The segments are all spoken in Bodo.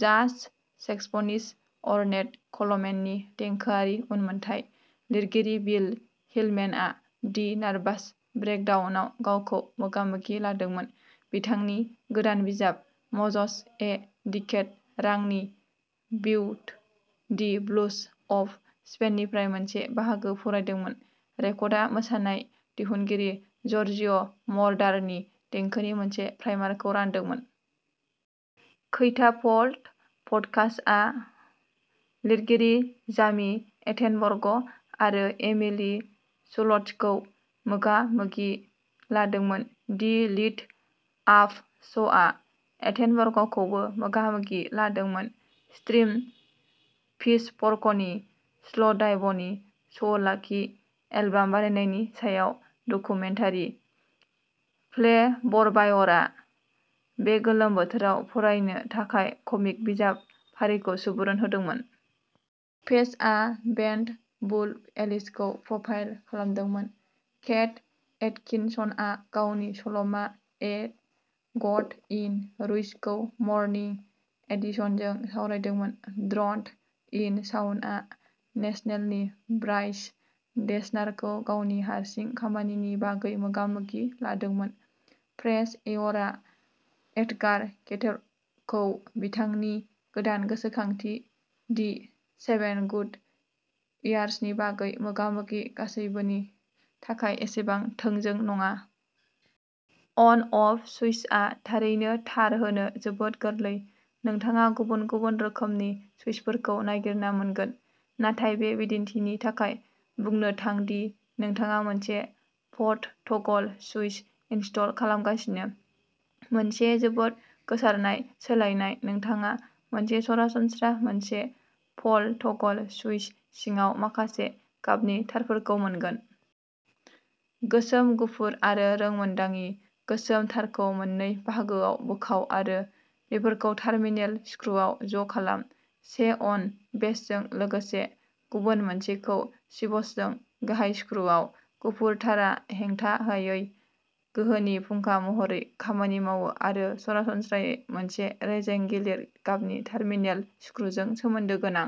जाज सेक्सफ'निस्ट अर्नेट क'लमेननि देंखोआरि उनमोनथाइ। लिरगिरि बिल हिलमेनआ दि नार्भास ब्रेकडाउनआव गावखौ मोगा-मोगि लादोंमोन। बिथांनि गोदान बिजाब, mozos a decade running with the bulls of स्पेननिफ्राय मोनसे बाहागो फरायदोंमोन। रेकर्डआ मोसानाय दिहुनगिरि ज'र्जिय'मर'डारनि देंखोनि मोनसे प्राइमारखौ रानदोंमोन। कैटापल्ट पडकास्टआ लिरगिरि जामि एटेनबर्ग आरो एमिलि शुल्ट्जखौ मोगा-मोगि लादोंमोन। दि लिट आप श'आ एटेनबर्गखौबो मोगा-मोगि लादोंमोन। स्ट्रिम पिचफर्कनि स्ल'डाइभनि सौवलाकी एलबाम बानायनायनि सायाव डकुमेन्टारि। फ्लेवरवायरआ बे गोलोम बोथोराव फरायनो थाखाय कमिक बिजाब फारिखौ सुबुरुन होदोंमोन। पेस्टआ बेन्ड वुल्फ एलिसखौ प्रफाइल खालामदोंमोन। केट एटकिनसनआ गावनि सल'मा ए गड इन रुइन्सखौ मर्निं एडिशनजों सावरायदोंमोन। ड्र'न्ड इन साउन्डआ नेसनेलनि ब्राइस डेसनारखौ गावनि हारसिं खामानिनि बागै मोगा-मोगि लादोंमोन। फ्रेश एयरआ एट्गार केटरखौ बिथांनि गोदान गोसोखांथि दि सेभेन गुड इयार्सनि बागै मोगा-मोगि गासैबोनि थाखाय एसेबां थोंजों नङा। अन-अफ सुइचआ थारैनो तार होनो जोबोद गोरलै। नोंथाङा गुबुन-गुबुन रोखोमनि सुइचफोरखौ नागिरना मोनगोन, नाथाय बे बिदिन्थिनि थाखाय बुंनो थां दि नोंथाङा मोनसे पल टगल सुइच इनस्टल खालामगासिनो, मोनसे जोबोद गोसारनाय सोलायनाय। नोंथाङा मोनसे सरासनस्रा मोनसे पल टगल सुइच सिङाव माखासे गाबनि तारफोरखौ मोनगोन। गोसोम, गुफुर, आरो रोंमोन्दांङि। गोसोम तारखौ मोननै बाहागोआव बोखाव आरो बेफोरखौ टार्मिनेल स्क्रुआव ज'खालाम-से अन बेस्टजों लोगोसे गुबुन मोनसेखौ स्विचजों गाहाय स्क्रुआव। गुफुर तारआ हेंथाहायै गोहोनि फुंखा महरै खामानि मावो आरो सरासनस्रायै मोनसे रेजें-गिलिर गाबनि टार्मिनेल स्क्रुजों सोमोन्दो गोनां।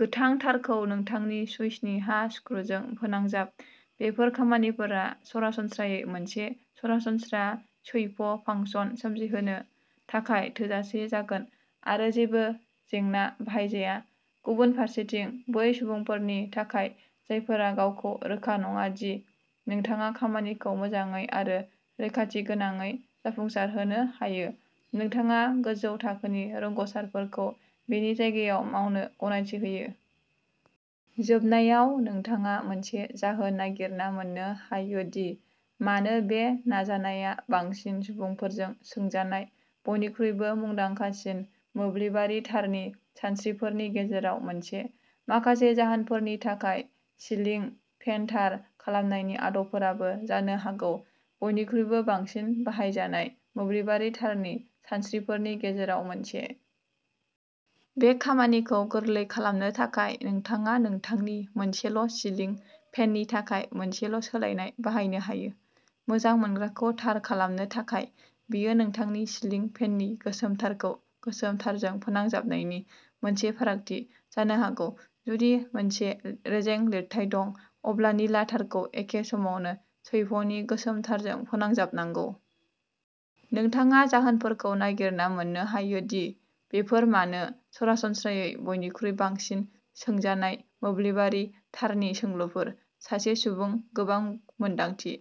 गोथां तारखौ नोंथांनि सुइचनि हा स्क्रुजों फोनांजाब। बेफोर खामानिफोरा सरासनस्रायै मोनसे सरासनस्रा स्वैप फांसन सोमजिहोनो थाखाय थोजासे जागोन आरो जेबो जेंना बाहायजाया। गुबुन फारसेथिं, बै सुबुंफोरनि थाखाय जायफोरा गावखौ रोखा नङा दि नोंथाङा खामानिखौ मोजाङै आरो रैखाथिगोनाङै जाफुंसारहोनो हायो, नोंथाङा गोजौ थाखोनि रोंग'सारफोरखौ बेनि जायगायाव मावनो गनायथि होयो। जोबनायाव, नोंथाङा मोनसे जाहोन नागिरना मोन्नो हायो दि मानो बे नाजानाया बांसिन सुबुंफोरजों सोंजानाय बयनिख्रुइबो मुंदांखासिन मोब्लिबारि तारनि सानस्रिफोरनि गेजेराव मोनसे। माखासे जाहोनफोरनि थाखाय, सिलिं फेन तार खालामनायनि आदबफोराबो जानो हागौ बयनिख्रुइबो बांसिन बाहायजानाय मोब्लिबारि तारनि सानस्रिफोरनि गेजेराव मोनसे। बे खामानिखौ गोरलै खालामनो थाखाय, नोंथाङा नोंथांनि मोनसेल'सिलिं फेननि थाखाय मोनसेल'सोलायनाय बाहायनो हायो। मोजां मोनग्राखौ तार खालामनो थाखाय, बेयो नोंथांनि सिलिं फेननि गोसोम तारखौ गोसोम तारजों फोनांजाबनायनि मोनसे फारागथि जानो हागौ। जुदि मोनसे रेजें-लिरथाय दं, अब्ला निला तारखौ एखे समावनो स्वैपनि गोसोम तारजों फोनांजाबनांगौ। नोंथाङा जाहोनफोरखौ नागिरना मोन्नो हायो दि बेफोर मानो सरासनस्रायै बयनिख्रुइ बांसिन सोंजानाय मोब्लिबारि तारनि सोंलुफोर। सासे सुबुं, गोबां मोन्दांथि।